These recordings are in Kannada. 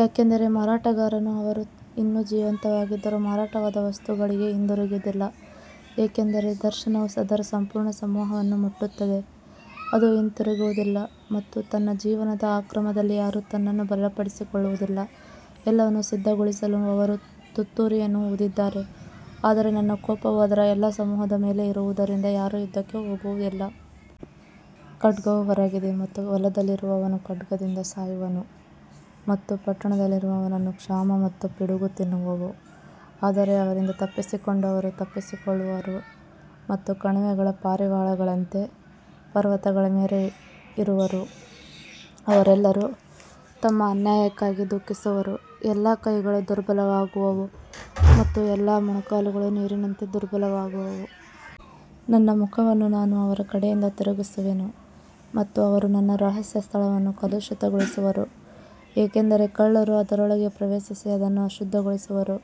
ಯಾಕಂದರೆ ಮಾರಾಟಗಾರನು ಅವರು ಇನ್ನೂ ಜೀವಂತವಾಗಿದ್ದರೂ ಮಾರಾಟವಾದ ವಸ್ತುಗಳಿಗೆ ಹಿಂತಿರುಗುವುದಿಲ್ಲ, ಏಕೆಂದರೆ ದರ್ಶನವು ಅದರ ಸಂಪೂರ್ಣ ಸಮೂಹವನ್ನು ಮುಟ್ಟುತ್ತದೆ, ಅದು ಹಿಂತಿರುಗುವುದಿಲ್ಲ ಮತ್ತು ತನ್ನ ಜೀವನದ ಅಕ್ರಮದಲ್ಲಿ ಯಾರೂ ತನ್ನನ್ನು ಬಲಪಡಿಸಿಕೊಳ್ಳುವುದಿಲ್ಲ. ಎಲ್ಲವನ್ನು ಸಿದ್ಧಗೊಳಿಸಲು ಅವರು ತುತ್ತೂರಿಯನ್ನು ಊದಿದ್ದಾರೆ, ಆದರೆ ನನ್ನ ಕೋಪವು ಅದರ ಎಲ್ಲಾ ಸಮೂಹದ ಮೇಲೆ ಇರುವುದರಿಂದ ಯಾರೂ ಯುದ್ಧಕ್ಕೆ ಹೋಗುವುದಿಲ್ಲ. ಖಡ್ಗವು ಹೊರಗಿದೆ ಮತ್ತು ಹೊಲದಲ್ಲಿರುವವನು ಖಡ್ಗದಿಂದ ಸಾಯುವನು ಮತ್ತು ಪಟ್ಟಣದಲ್ಲಿರುವವನನ್ನು ಕ್ಷಾಮ ಮತ್ತು ಪಿಡುಗು ತಿನ್ನುವವು. ಆದರೆ ಅವರಿಂದ ತಪ್ಪಿಸಿಕೊಂಡವರು ತಪ್ಪಿಸಿಕೊಳ್ಳುವರು ಮತ್ತು ಕಣಿವೆಗಳ ಪಾರಿವಾಳಗಳಂತೆ ಪರ್ವತಗಳ ಮೇಲೆ ಇರುವರು, ಅವರೆಲ್ಲರೂ ತಮ್ಮ ಅನ್ಯಾಯಕ್ಕಾಗಿ ದುಃಖಿಸುವರು. ಎಲ್ಲಾ ಕೈಗಳು ದುರ್ಬಲವಾಗುವವು ಮತ್ತು ಎಲ್ಲಾ ಮೊಣಕಾಲುಗಳು ನೀರಿನಂತೆ ದುರ್ಬಲವಾಗುವವು. ನನ್ನ ಮುಖವನ್ನು ನಾನು ಅವರ ಕಡೆಯಿಂದ ತಿರುಗಿಸುವೆನು ಮತ್ತು ಅವರು ನನ್ನ ರಹಸ್ಯ ಸ್ಥಳವನ್ನು ಕಲುಷಿತಗೊಳಿಸುವರು, ಏಕೆಂದರೆ ಕಳ್ಳರು ಅದರೊಳಗೆ ಪ್ರವೇಶಿಸಿ ಅದನ್ನು ಅಶುದ್ಧಗೊಳಿಸುವರು.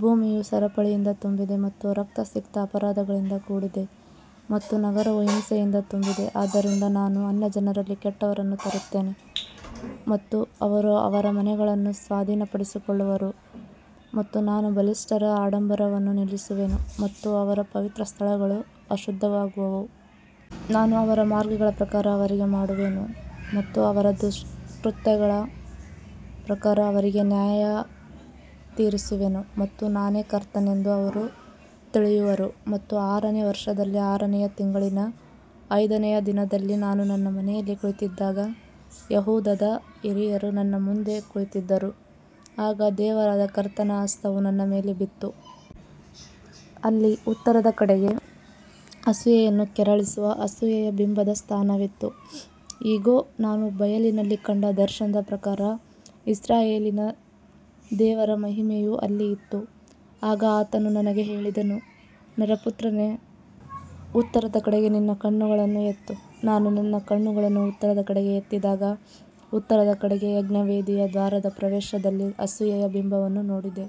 ಭೂಮಿಯು ಸರಪಳಿಯಿಂದ ತುಂಬಿದೆ ಮತ್ತು ರಕ್ತಸಿಕ್ತ ಅಪರಾಧಗಳಿಂದ ಕೂಡಿದೆ ಮತ್ತು ನಗರವು ಹಿಂಸೆಯಿಂದ ತುಂಬಿದೆ. ಆದ್ದರಿಂದ ನಾನು ಅನ್ಯಜನರಲ್ಲಿ ಕೆಟ್ಟವರನ್ನು ತರುತ್ತೇನೆ ಮತ್ತು ಅವರು ಅವರ ಮನೆಗಳನ್ನು ಸ್ವಾಧೀನಪಡಿಸಿಕೊಳ್ಳುವರು ಮತ್ತು ನಾನು ಬಲಿಷ್ಠರ ಆಡಂಬರವನ್ನು ನಿಲ್ಲಿಸುವೆನು ಮತ್ತು ಅವರ ಪವಿತ್ರ ಸ್ಥಳಗಳು ಅಶುದ್ಧವಾಗುವವು. ನಾನು ಅವರ ಮಾರ್ಗಗಳ ಪ್ರಕಾರ ಅವರಿಗೆ ಮಾಡುವೆನು ಮತ್ತು ಅವರ ದುಷ್ಕೃತ್ಯಗಳ ಪ್ರಕಾರ ಅವರಿಗೆ ನ್ಯಾಯತೀರಿಸುವೆನು ಮತ್ತು ನಾನೇ ಕರ್ತನೆಂದು ಅವರು ತಿಳಿಯುವರು. ಮತ್ತು ಆರನೆಯ ವರ್ಷದಲ್ಲಿ ಆರನೆಯ ತಿಂಗಳಿನ ಐದನೆಯ ದಿನದಲ್ಲಿ ನಾನು ನನ್ನ ಮನೆಯಲ್ಲಿ ಕುಳಿತಿದ್ದಾಗ ಯೆಹೂದದ ಹಿರಿಯರು ನನ್ನ ಮುಂದೆ ಕುಳಿತಿದ್ದರು, ಆಗ ದೇವರಾದ ಕರ್ತನ ಹಸ್ತವು ನನ್ನ ಮೇಲೆ ಬಿತ್ತು. ಅಲ್ಲಿ ಉತ್ತರದ ಕಡೆಗೆ ಅಸೂಯೆಯನ್ನು ಕೆರಳಿಸುವ ಅಸೂಯೆಯ ಬಿಂಬದ ಸ್ಥಾನವಿತ್ತು. ಇಗೋ, ನಾನು ಬಯಲಿನಲ್ಲಿ ಕಂಡ ದರ್ಶನದ ಪ್ರಕಾರ ಇಸ್ರಾಯೇಲಿನ ದೇವರ ಮಹಿಮೆಯು ಅಲ್ಲಿ ಇತ್ತು. ಆಗ ಆತನು ನನಗೆ ಹೇಳಿದನು, ನರಪುತ್ರನೇ, ಉತ್ತರದ ಕಡೆಗೆ ನಿನ್ನ ಕಣ್ಣುಗಳನ್ನು ಎತ್ತು. ನಾನು ನನ್ನ ಕಣ್ಣುಗಳನ್ನು ಉತ್ತರದ ಕಡೆಗೆ ಎತ್ತಿದಾಗ, ಉತ್ತರದ ಕಡೆಗೆ ಯಜ್ಞವೇದಿಯ ದ್ವಾರದ ಪ್ರವೇಶದಲ್ಲಿ ಅಸೂಯೆಯ ಬಿಂಬವನ್ನು ನೋಡಿದೆ.